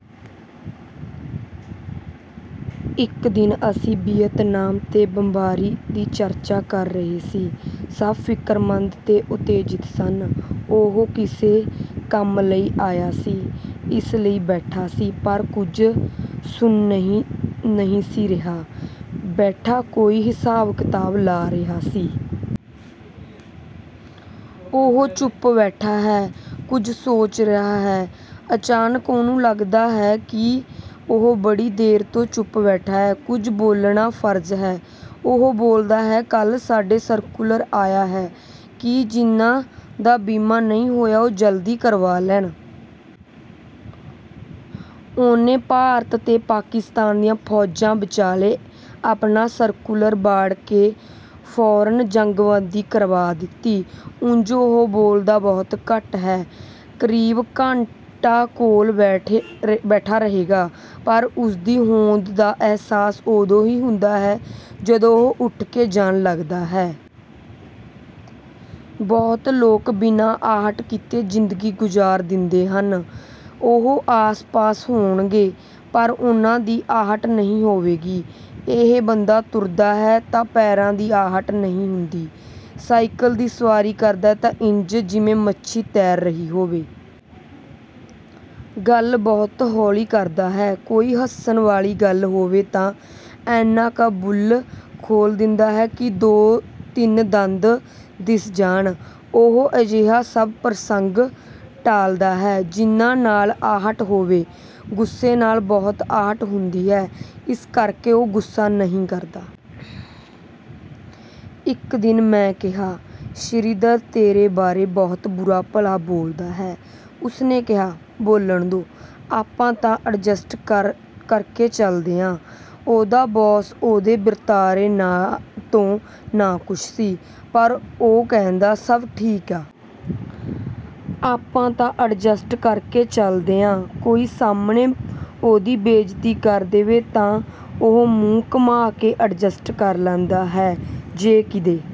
ਇੱਕ ਦਿਨ ਅਸੀਂ ਵੀਅਤਨਾਮ 'ਤੇ ਬੰਬਾਰੀ ਦੀ ਚਰਚਾ ਕਰ ਰਹੇ ਸੀ। ਸਭ ਫਿਕਰਮੰਦ ਤੇ ਉਤੇਜਿਤ ਸਨ। ਉਹ ਕਿਸੇ ਕੰਮ ਲਈ ਆਇਆ ਸੀ, ਇਸ ਲਈ ਬੈਠਾ ਸੀ, ਪਰ ਕੁਝ ਸੁਣ ਨਹੀਂ ਸੀ ਰਿਹਾ। ਬੈਠਾ ਕੋਈ ਹਿਸਾਬ-ਕਿਤਾਬ ਲਾ ਰਿਹਾ ਸੀ। ਉਹ ਚੁੱਪ ਬੈਠਾ ਹੈ, ਕੁਝ ਸੋਚ ਰਿਹਾ ਹੈ। ਅਚਾਨਕ ਉਹਨੂੰ ਲਗਦਾ ਹੈ ਕਿ ਉਹ ਬੜੀ ਦੇਰ ਤੋਂ ਚੁੱਪ ਬੈਠਾ ਹੈ, ਕੁਝ ਬੋਲਣਾ ਫਰਜ਼ ਹੈ। ਉਹ ਬੋਲਦਾ ਹੈ, "ਕੱਲ ਸਾਡੇ ਸਰਕੂਲਰ ਆਇਆ ਹੈ ਕਿ ਜਿਹਨਾਂ ਦਾ ਬੀਮਾ ਨਹੀਂ ਹੋਇਆ ਓ ਜਲਦੀ ਕਰਵਾ ਲੈਣ।" ਉਹਨੇ ਭਾਰਤ ਤੇ ਪਾਕਿਸਤਾਨ ਦੀਆਂ ਫੌਜਾਂ ਵਿਚਾਲੇ ਆਪਣਾ ਸਰਕੂਲਰ ਵਾੜ ਕੇ ਫੌਰਨ ਜੰਗਬੰਦੀ ਕਰਵਾ ਦਿੱਤੀ। ਉਂਝ ਉਹ ਬੋਲਦਾ ਬਹੁਤ ਘੱਟ ਹੈ। ਕਰੀਬ ਘੰਟਾ ਕੋਲ ਬੈਠਾ ਰਹੇਗਾ, ਪਰ ਉਸਦੀ ਹੋਂਦ ਦਾ ਅਹਿਸਾਸ ਉਦੋਂ ਹੀ ਹੁੰਦਾ ਹੈ ਜਦੋਂ ਉਹ ਉੱਠ ਕੇ ਜਾਣ ਲਗਦਾ ਹੈ। ਬਹੁਤ ਲੋਕ ਬਿਨਾਂ ਆਹਟ ਕੀਤੇ ਜ਼ਿੰਦਗੀ ਗੁਜ਼ਾਰ ਦਿੰਦੇ ਹਨ। ਉਹ ਆਸ-ਪਾਸ ਹੋਣਗੇ, ਪਰ ਉਹਨਾਂ ਦੀ ਆਹਟ ਨਹੀਂ ਹੋਵੇਗੀ। ਇਹ ਬੰਦਾ ਤੁਰਦਾ ਹੈ ਤਾਂ ਪੈਰਾਂ ਦੀ ਆਹਟ ਨਹੀਂ ਹੁੰਦੀ। ਸਾਈਕਲ ਦੀ ਸਵਾਰੀ ਕਰਦਾ ਹੈ ਤਾਂ ਇੰਝ ਜਿਵੇਂ ਮੱਛੀ ਤੈਰ ਰਹੀ ਹੋਵੇ। ਗੱਲ ਬਹੁਤ ਹੌਲੀ ਕਰਦਾ ਹੈ। ਕੋਈ ਹੱਸਣ ਵਾਲੀ ਗੱਲ ਹੋਵੇ ਤਾਂ ਇੰਨੇ ਕੁ ਬੁੱਲ੍ਹ ਖੋਲ੍ਹ ਦਿੰਦਾ ਹੈ ਕਿ ਦੋ-ਤਿੰਨ ਦੰਦ ਦਿਸ ਜਾਣ। ਉਹ ਅਜਿਹਾ ਸਭ ਪ੍ਰਸੰਗ ਟਾਲਦਾ ਹੈ ਜਿਹਨਾਂ ਨਾਲ ਆਹਟ ਹੋਵੇ। ਗੁੱਸੇ ਨਾਲ ਬਹੁਤ ਆਹਟ ਹੁੰਦੀ ਹੈ, ਇਸ ਕਰਕੇ ਉਹ ਗੁੱਸਾ ਨਹੀਂ ਕਰਦਾ। ਇੱਕ ਦਿਨ ਮੈਂ ਕਿਹਾ, "ਸ਼੍ਰੀਧਰ ਤੇਰੇ ਬਾਰੇ ਬਹੁਤ ਬੁਰਾ-ਭਲਾ ਬੋਲਦਾ ਹੈ।" ਉਸਨੇ ਕਿਹਾ, "ਬੋਲਣ ਦਿਓ। ਆਪਾਂ ਤਾਂ ਅਡਜਸਟ ਕਰ ਕਰਕੇ ਚਲਦੇ ਆਂ।" ਉਹਦਾ ਬੌਸ ਉਹਦੇ ਵਤੀਰੇ ਤੋਂ ਨਾਖੁਸ਼ ਸੀ। ਪਰ ਉਹ ਕਹਿੰਦਾ, "ਸਭ ਠੀਕ ਆ। ਆਪਾਂ ਤਾਂ ਅਡਜਸਟ ਕਰਕੇ ਚਲਦੇ ਆਂ।" ਕੋਈ ਸਾਹਮਣੇ ਉਹਦੀ ਬੇਇੱਜ਼ਤੀ ਕਰ ਦੇਵੇ ਤਾਂ ਉਹ ਮੂੰਹ ਘੁਮਾ ਕੇ ਅਡਜਸਟ ਕਰ ਲੈਂਦਾ ਹੈ। ਜੇ ਕਿਦੇ